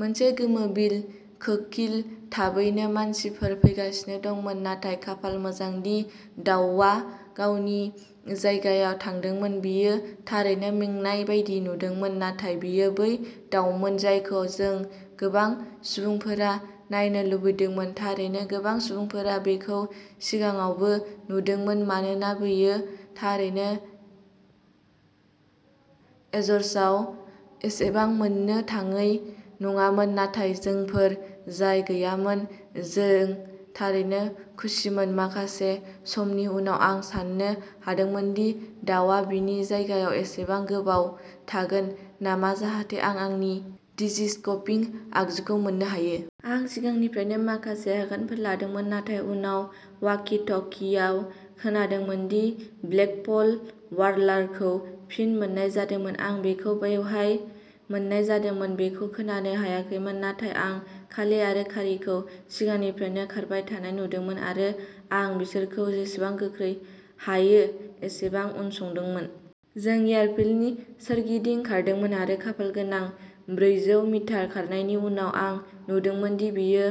मोनसे गोमो-बिल कोकिल थाबैनो मानसिफोर फैगासिनो दंमोन, नाथाय खाफाल मोजां दि दाउआ गावनि जायगायाव थादोंमोन। बेयो थारैनो मेंनाय बायदि नुदोंमोन। नाथाय बेयो बै दाउमोन जायखौ जों गोबां सुबुंफोरा नायनो लुबैदोंमोन। थारैनो गोबां सुबुंफोरा बेखौ सिगाङावबो नुदोंमोन मानोना बेयो थारैनो एजरसआव एसेबां मोननो थाङै नङामोन, नाथाय जोंफोर जाय गैयामोन जों थारैनो खुसिमोन माखासे समनि उनाव आं साननो हमदोंमोन दि दाउआ बिनि जायगायाव एसेबां गोबाव थागोन नामा जाहाथे आं आंनि डिजिस्कपिं आगजुखौ मोन्नो हायो। आं सिगांनिफ्रायनो माखासे आगानफोर लादोंमोन नाथाय उनाव वाकि-टकिआव खोनादोंमोन दि ब्लेकपल वार्बलारखौ फिन मोन्नाय जादोंमोन आं बेखौ बबेहाय मोन्नाय जादोंमोन बेखौ खोनानो हायाखैमोन। नाथाय आं काले आरो कारीखौ सिगांनिफ्रायनो खारबाय थानाय नुदोंमोन आरो आं बिसोरखौ जेसेबां गोख्रै हायो एसेबां उनसंदोंमोन। जों एयारफील्डनि सोरगिदिं खारदोंमोन आरो खाफालगोनां ब्रैजौ मिटार खारनायनि उनाव आं नुदोंमोन दि बेयो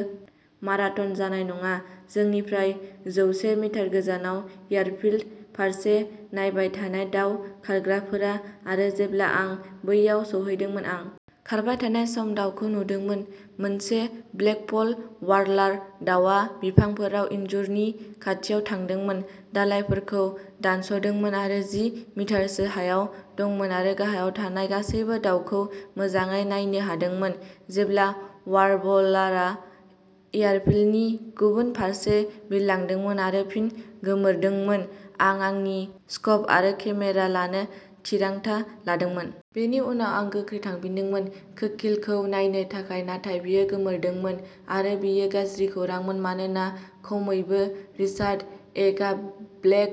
माराथन जानाय नङा जोंनिफ्राय जौसे मिटार गोजानाव एयारफील्ड फारसे नायबाय थानाय दाव खारग्राफोरा। आरो जेब्ला आं बैयाव सौहैदोंमोन, आं खारबाय थानाय समाव दाउखौ नुदोंमोन मोनसे ब्लेकपल वार्बलार दाउआ बिफांफोराव इनजुरनि खाथियाव थादोंमोन, दालाइफोरखौ दानस'दोंमोन आरो जि मिनिटसो हायाव दंमोन आरो गाहायाव थानाय गासैबो दाउखौ मोजाङै नायनो हादोंमोन जेब्ला वार्बलारआ एयारफील्डनि गुबुन फारसे बिरलांदोंमोन आरो फिन गोमोरदोंमोन, आं आंनि स्कोप आरो केमेरा लानो थिरांथा लादोंमोन। बेनि उनाव आं गोख्रै थांफिनदोंमोन कोकिलखौ नायनो थाखाय नाथाय बेयो गोमोरदोंमोन। आरो बेयो गाज्रि खौरांमोन मानोना खमैबो रिचार्ड एकआ ब्लेक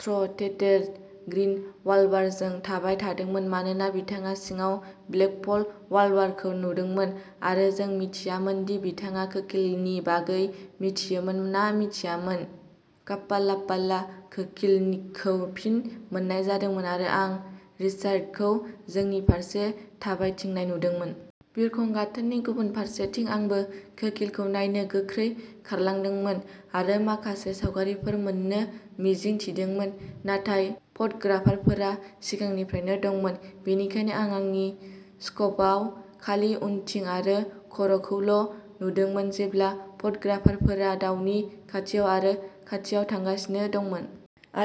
थ्र'टेटेड ग्रीन वार्बलारजों थाबाय थादोंमोन मानोना बिथाङा सिगाङाव ब्लेकपल वार्बलारखौ नुदोंमोन आरो जों मिथियामोन दि बिथाङा कोकिलनि बागै मिथियोमोन ना मिथियामोन खाफालाफाला कोकिलखौ फिन मोन्नाय जादोंमोन आरो आं रिचार्डखौ जोंनि फारसे थाबायथिंनाय नुदोंमोन। बिरखं गाथोननि गुबुन फारसेथिं। आंबो कोकिलखौ नायनो गोख्रै खारलांदोंमोन आरो माखासे सावगारिफोर मोन्नो मिजिं थिदोंमोन, नाथाय फट'ग्राफारफोरा सिगांनिफ्रायनो दंमोन। बेनिखायनो आं आंनि स्कोपआव खालि उनथिं आरो खर'खौल' नुदोंमोन, जेब्ला फट'ग्राफारफोरा दावनि खाथियाव आरो खाथियाव थांगासिनो दंमोन।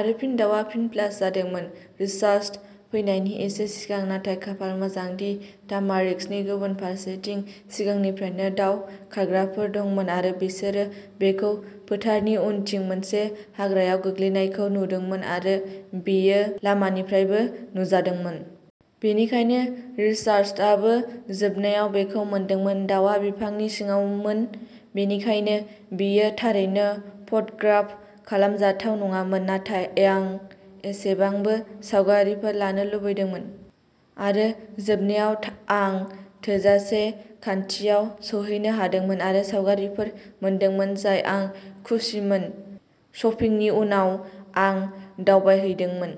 आरो फिन दाउआ फिन फ्लास जादोंमोन रिचार्ड फैनायनि एसे सिगां। नाथाय खाफाल मोजां दि तामारिस्कनि गुबुन फारसेथिं सिगांनिफ्रायनो दाव खारग्राफोर दंमोन आरो बिसोरो बेखौ फोथारनि उनथिं मोनसे हाग्राआव गोग्लैनायखौ नुदोंमोन आरो बेयो लामानिफ्रायबो नुजादोंमोन। बेनिखायनो रिचार्डआबो जोबनायाव बेखौ मोनदोंमोन दाउआ बिफांनि सिङावमोन, बेनिखायनो बेयो थारैनो फट'ग्राफ खालामजाथाव नङामोन, नाथाय आं एसेब्लाबो सावगारिफोर लानो लुबैदोंमोन। आरो जोबनायाव आं थोजासे खाथियाव सौहैनो हादोंमोन आरो सावगारिफोर मोनदोंमोन जाय आं खुसिमोन। शपिंनि उनाव आं दावबायहैदोंमोन।